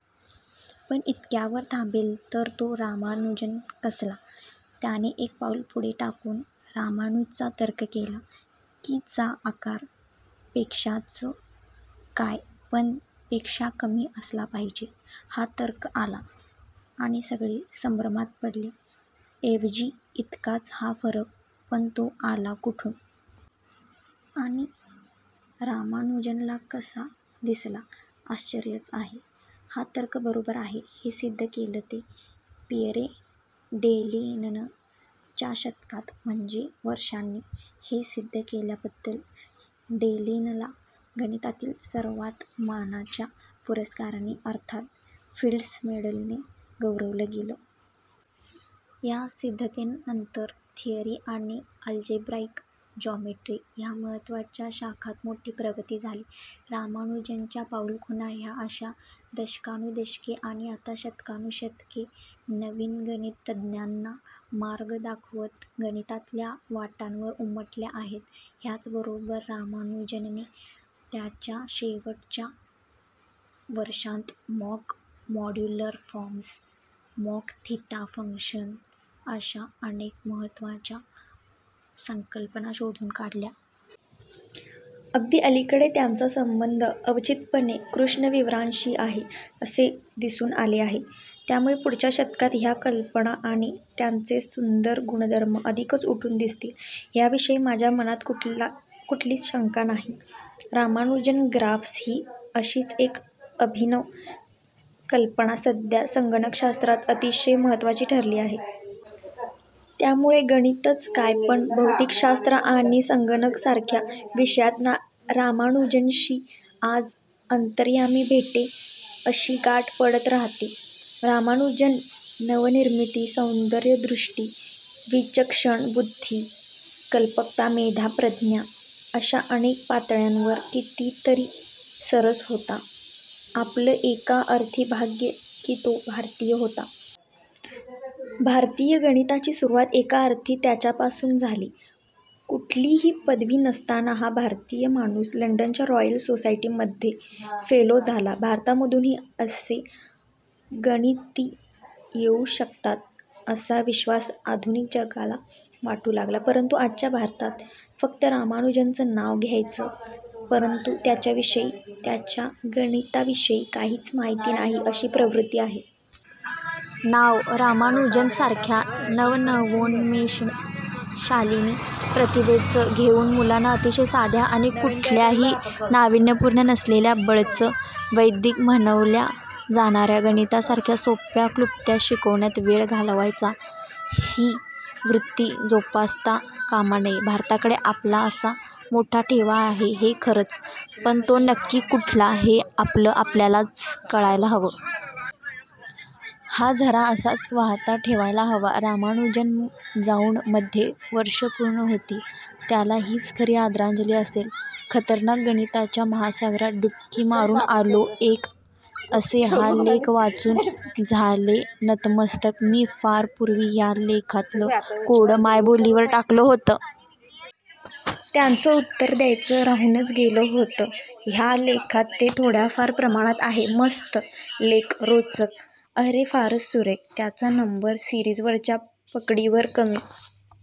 पण इतक्यावर थांबेल तर तो रामानुजन कसला! त्याने एक पाऊल पुढे टाकून 'रामानुजनचा तर्क' केला, की चा आकार पेक्षाच काय, पण. पेक्षा कमी असला पाहिजे. हा तर्क आला, आणि सगळे संभ्रमात पडले. ऐवजी इतकाच हा फरक, पण तो आला कुठून?! आणि रामानुजनला कसा दिसला?! आश्चर्यच आहे. हा तर्क बरोबर आहे, हे सिद्ध केलं ते पिअरे डेलिननं च्या दशकात, म्हणजे वर्षांनी. हे सिद्ध केल्याबद्दल डेलिनला गणितातील सर्वात मानाच्या पुरस्काराने अर्थात 'फिल्ड्स मेडल'ने गौरवलं गेलं. ह्या सिद्धतेमुळे नंबर थिअरी आणि अल्जिब्राईक जॉमेट्री ह्या महत्त्वाच्या शाखांत मोठी प्रगती झाली. रामानुजनच्या पाऊलखुणा ह्या अश्या दशकानुदशके आणि आता शतकानुशतके नवीन गणितज्ञांना मार्ग दाखवत गणितातल्या वाटांवर उमटल्या आहेत. ह्याचबरोबर रामानुजनने त्याच्या शेवटच्या वर्षांत mock modular forms, mock theta functions अश्या अनेक महत्त्वाच्या संकल्पना शोधून काढल्या. अगदी अलीकडे त्यांचा संबंध अवचितपणे कृष्णविवरांशी आहे असे दिसून आले आहे. त्यामुळे पुढच्या शतकात ह्या कल्पना आणि त्यांचे सुंदर गुणधर्म अधिकच उठून दिसतील, ह्याविषयी माझ्या मनात कुठलीच शंका नाही. रामानुजन ग्राफ्स ही अशीच एक अभिनव कल्पना सध्या संगणकशास्त्रात अतिशय महत्त्वाची ठरली आहे. त्यामुळे गणितच काय पण भौतिकशास्त्र आणि संगणकासारख्या विषयांत रामानुजनशी 'आज अंतर्यामी भेटे' अशी गाठ पडत राहते. रामानुजन नवनिर्मिती, सौंदर्यदृष्टी, विचक्षण बुद्धी, कल्पकता, मेधा, प्रज्ञा अश्या अनेक पातळ्यांवर कितीतरी सरस होता. आपलं एका अर्थी भाग्य की तो भारतीय होता. भारतीय गणिताची सुरवात एका अर्थी त्याच्यापासून झाली. कुठलीही पदवी नसताना हा भारतीय माणूस लंडनच्या रॉयल सोसायटीमध्ये फेलो झाला. भारतामधूनही असे गणिती येऊ शकतात, असा विश्वास आधुनिक जगाला वाटू लागला. परंतु आजच्या भारतात फक्त रामानुजनचं नाव घ्यायचं, परंतु त्याच्याविषयी, त्याच्या गणिताविषयी काहीच माहिती नाही, अशी प्रवृत्ती आहे. नाव रामानुजनसारख्या नवनवोन्मेषशालिनी प्रतिभेचं घेऊन मुलांना अतिशय साध्या आणि कुठल्याही नावीन्यपूर्ण नसलेल्या बळंच वैदिक म्हणवल्या जाणार्या गणितासारख्या सोप्या क्लृप्त्या शिकवण्यात वेळ घालवायचा, ही वृत्ती जोपासता कामा नये. भारताकडे आपला असा मोठा ठेवा आहे हे खरंच, पण तो नक्की कुठला, हे आपलं आपल्यालाच कळायला हवं. हा झरा असाच वाहता ठेवायला हवा. रामानुजन जाऊन मध्ये वर्षं पूर्ण होतील. त्याला हीच खरी आदरांजली असेल. _/\_खतरनाकगणिताच्या महासागरात डुबकी मारून आलो एक असे हा लेख वाचून झालेनतमस्तक _/\_मी फार पूर्वी ह्या लेखातलं कोडं मायबोलीवर टाकलं होतं. त्याचं उत्तर द्यायचं राहूनच गेलं होतं. ह्या लेखात ते थोड्याफार प्रमाणात आहे. मस्त लेख, रोचक! अरे फारच सुरेख. त्याच्या नंबर सिरिज वरच्या पकडीवर कमी